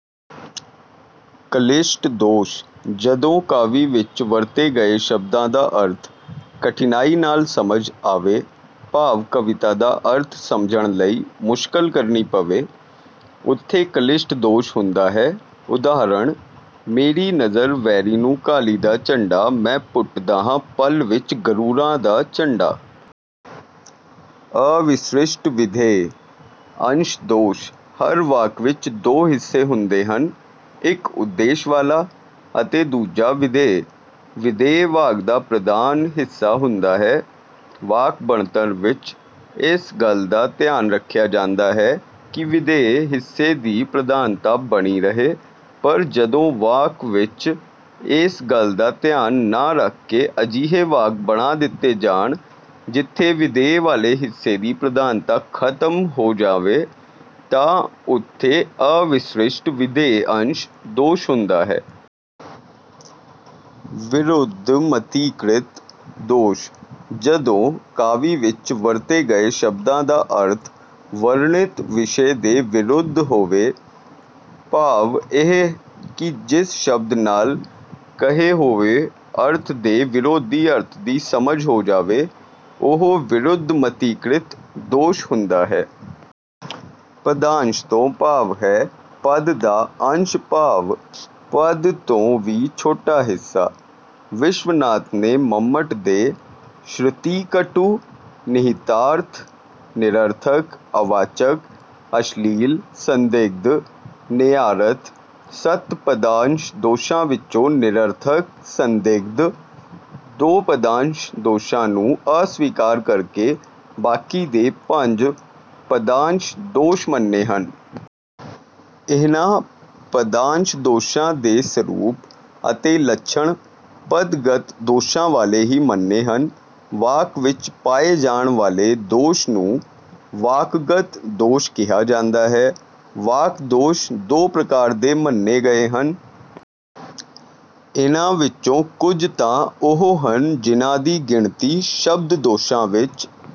ਕਲਿਸ਼ਟ ਦੋਸ਼: ਜਦੋਂ ਕਾਵਿ ਵਿੱਚ ਵਰਤੇ ਗਏ ਸ਼ਬਦਾਂ ਦਾ ਅਰਥ ਕਠਿਨਾਈ ਨਾਲ ਸਮਝ ਆਵੇ ਭਾਵ ਕਵਿਤਾ ਦਾ ਅਰਥ ਸਮਝਣ ਲਈ ਮੁਸ਼ਕਲ ਕਰਨੀ ਪਵੇ, ਉਥੇ ਕਲਿਸ਼ਟ ਦੋਸ਼ ਹੁੰਦਾ ਹੈ। ਉਦਾਹਰਣ- ਮੇਰੀ ਨਜ਼ਰ ਵੈਰੀ ਨੂੰ ਕਾਲੀ ਦਾ ਝੰਡਾ, ਮੈਂ ਪੁੱਟਦਾ ਹਾਂ ਪਲ ਵਿੱਚ ਗ਼ਰੂਰਾਂ ਦਾ ਝੰਡਾ। ਅਵਿਸ੍ਰਿਸ਼ਟਵਿਧੇਯ ਅੰਸ਼ ਦੋਸ਼: ਹਰ ਵਾਕ ਵਿੱਚ ਦੋ ਹਿੱਸੇ ਹੁੰਦੇ ਹਨ- ਇੱਕ ਉਦੇਸ਼ ਵਾਲਾ ਅਤੇ ਦੂਜਾ ਵਿਧੇਯ। ਵਿਧੇਯ ਵਾਕ ਦਾ ਪ੍ਰਧਾਨ ਹਿੱਸਾ ਹੁੰਦਾ ਹੈ। ਵਾਕ ਬਣਤਰ ਵਿੱਚ ਇਸ ਗੱਲ ਦਾ ਧਿਆਨ ਰੱਖਿਆ ਜਾਂਦਾ ਹੈ ਕਿ ਵਿਧੇਯ ਹਿੱਸੇ ਦੀ ਪ੍ਰਧਾਨਤਾ ਬਣੀ ਰਹੇ, ਪਰ ਜਦੋਂ ਵਾਕ ਵਿੱਚ ਇਸ ਗੱਲ ਦਾ ਧਿਆਨ ਨਾ ਰੱਖ ਕੇ ਅਜਿਹੇ ਵਾਕ ਬਣਾ ਦਿੱਤੇ ਜਾਣ ਜਿਥੇ ਵਿਧੇਯ ਵਾਲੇ ਹਿੱਸੇ ਦੀ ਪ੍ਰਧਾਨਤਾ ਖ਼ਤਮ ਹੋ ਜਾਵੇ ਤਾਂ ਉਥੇ ਅਵਿਸ੍ਰਿਸ਼ਟਵਿਧੇਯ ਅੰਸ਼ ਦੋਸ਼ ਹੁੰਦਾ ਹੈ। ਵਿਰੁੱਧਮਤੀਕ੍ਰਿਤ ਦੋਸ਼: ਜਦੋਂ ਕਾਵਿ ਵਿੱਚ ਵਰਤੇ ਗਏ ਸ਼ਬਦਾਂ ਦਾ ਅਰਥ ਵਰਣਿਤ ਵਿਸ਼ੇ ਦੇ ਵਿਰੁੱਧ ਹੋਵੇ ਭਾਵ ਇਹ ਕਿ ਜਿਸ ਸ਼ਬਦ ਨਾਲ ਕਹੇ ਹੋਏ ਅਰਥ ਦੇ ਵਿਰੋਧੀ ਅਰਥ ਦੀ ਸਮਝ ਹੋ ਜਾਵੇ ਉਹ ਵਿਰੁੱਧਮਤੀਕ੍ਰਿਤ ਦੋਸ਼ ਹੁੰਦਾ ਹੈ। ਪਦਾਂਸ਼ ਤੋਂ ਭਾਵ ਹੈ ਪਦ ਦਾ ਅੰਸ਼ ਭਾਵ ਪਦ ਤੋਂ ਵੀ ਛੋਟਾ ਹਿੱਸਾ। ਵਿਸ਼ਵਨਾਥ ਨੇ ਮੰਮਟ ਦੇ ਸ਼੍ਰਤੀਕਟੁ, ਨਿਹਿਤਾਰਥ, ਨਿਰਰਥਕ, ਅਵਾਚਕ, ਅਸ਼ਲੀਲ, ਸੰਦਿਗਧ, ਨੇਯਾਰਥ- ਸੱਤ ਪਦਾਂਸ਼ ਦੋਸ਼ਾਂ ਵਿੱਚੋਂ ਨਿਰਰਥਕ, ਸੰਦਿਗਧ ਦੋ ਪਦਾਂਸ਼ ਦੋਸ਼ਾਂ ਨੂੰ ਅਸਵੀਕਾਰ ਕਰਕੇ ਬਾਕੀ ਦੇ ਪੰਜ 'ਪਦਾਂਸ਼ ਦੋਸ਼' ਮੰਨੇ ਹਨ। ਇਨ੍ਹਾਂ ਪਦਾਂਸ਼ ਦੋਸ਼ਾਂ ਦੇ ਸਰੂਪ ਅਤੇ ਲੱਛਣ ਪਦਗਤ ਦੋਸ਼ਾਂ ਵਾਲੇ ਹੀ ਮੰਨੇ ਹਨ। ਵਾਕ ਵਿੱਚ ਪਾਏ ਜਾਣ ਵਾਲੇ ਦੋਸ਼ ਨੂੰ ਵਾਕਗਤ ਦੋਸ਼ ਕਿਹਾ ਜਾਂਦਾ ਹੈ। ਵਾਕ ਦੋਸ਼ ਦੋ ਪ੍ਰਕਾਰ ਦੇ ਮੰਨੇ ਗਏ ਹਨ- ਇਨ੍ਹਾਂ ਵਿੱਚੋਂ ਕੁੱਝ ਤਾਂ ਉਹ ਹਨ ਜਿਨ੍ਹਾਂ ਦੀ ਗਿਣਤੀ ਸ਼ਬਦ ਦੋਸ਼ਾਂ ਵਿੱਚ